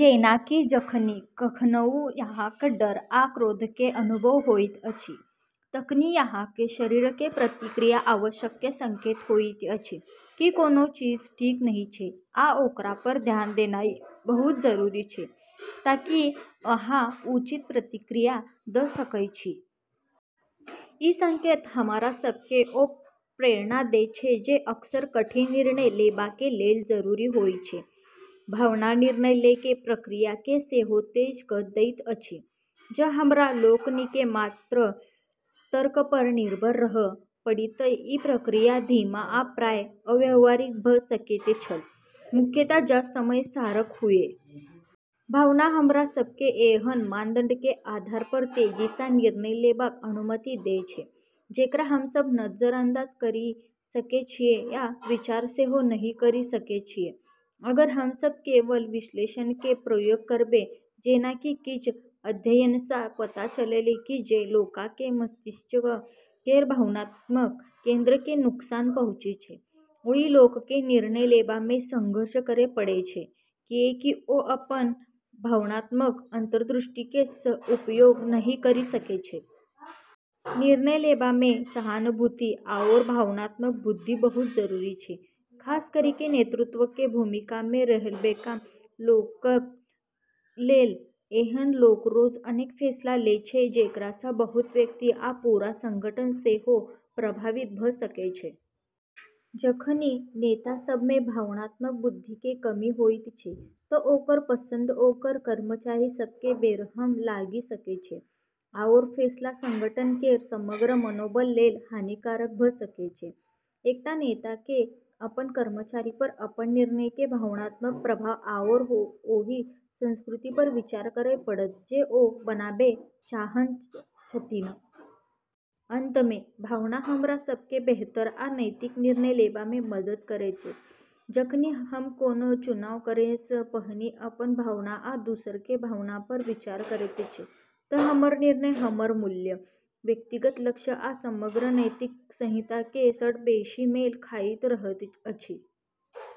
जेना कि जखनि कखनऊ अहाँके डर या क्रोधके अनुभव होइत अछि, तखनि अहाँके शरीरके प्रतिक्रिया आवश्यक संकेत होइत अछि कि कोनो चीज ठीक नहि छै, आ ओकरा पर ध्यान देनाइ बहुत जरूरी छै ताकि अहाँ उचित प्रतिक्रिया द' सकय छी । ई संकेत हमरा सबके ओ प्रेरणा दै छै जे अक्सर कठिन निर्णय लेबाके लेल जरूरी होइ छै। भावना निर्णय लैके प्रक्रियाके सेहो तेज क' दैत अछि। जँ हमरा लोकनिकेँ मात्र तर्क पर निर्भर रहय पड़ितय त' ई प्रक्रिया धीमा आ प्रायः अव्यावहारिक भ' सकैत छल, मुख्यतः जँ समय सारक हुए । भावना हमरा सबके एहन मानदंडके आधार पर तेजीसँ निर्णय लेबाक अनुमति दै छै जेकरा हमसब नजरअंदाज करि सकै छियै या विचार सेहो नहि करि सकै छियै अगर हमसब केवल विश्लेषणके प्रयोग करबै। जेना कि किछ अध्ययनसँ पता चललै कि जे लोकके मस्तिष्क केर भावनात्मक केंद्रके नुकसान पहुँचै छै, ओइ लोकके निर्णय लेबामे संघर्ष करै पड़ै छै, किएकि ओ अपन भावनात्मक अंतर्दृष्टिके उपयोग नहि करि सकै छै। निर्णय लेबामे सहानुभूति आओर भावनात्मक बुद्धि बहुत जरूरी छै, खास करिके नेतृत्वके भूमिकामे रहैबला लोकक लेल । एहन लोक रोज अनेक फैसला लै छै जेकरासँ बहुत व्यक्ति या पूरा संगठन सेहो प्रभावित भ' सकै छै। जखनि नेता सबमे भावनात्मक बुद्धिके कमी होइत छै त' ओकर पसंद ओकर कर्मचारी सबके बेरहम लागि सकै छै, आओर फैसला संगठन केर समग्र मनोबल लेल हानिकारक भ' सकै छै। एकटा नेताके अपन कर्मचारी पर अपन निर्णयके भावनात्मक प्रभाव आओर ओहि संस्कृति पर विचार करय पड़त जे ओ बनाबै चाहय छथिन । अंत मे, भावना हमरा सबके बेहतर आ नैतिक निर्णय लेबामे मदद करैत छै। जखनि हम कोनो चुनाव करयसँ पहिने अपन भावना आ दोसरके भावना पर विचार करैत छी त' हमर निर्णय हमर मूल्य, व्यक्तिगत लक्ष्य आ समग्र नैतिक संहिताके सङ्ग बेशी मेल खाइत रहैत अछि ।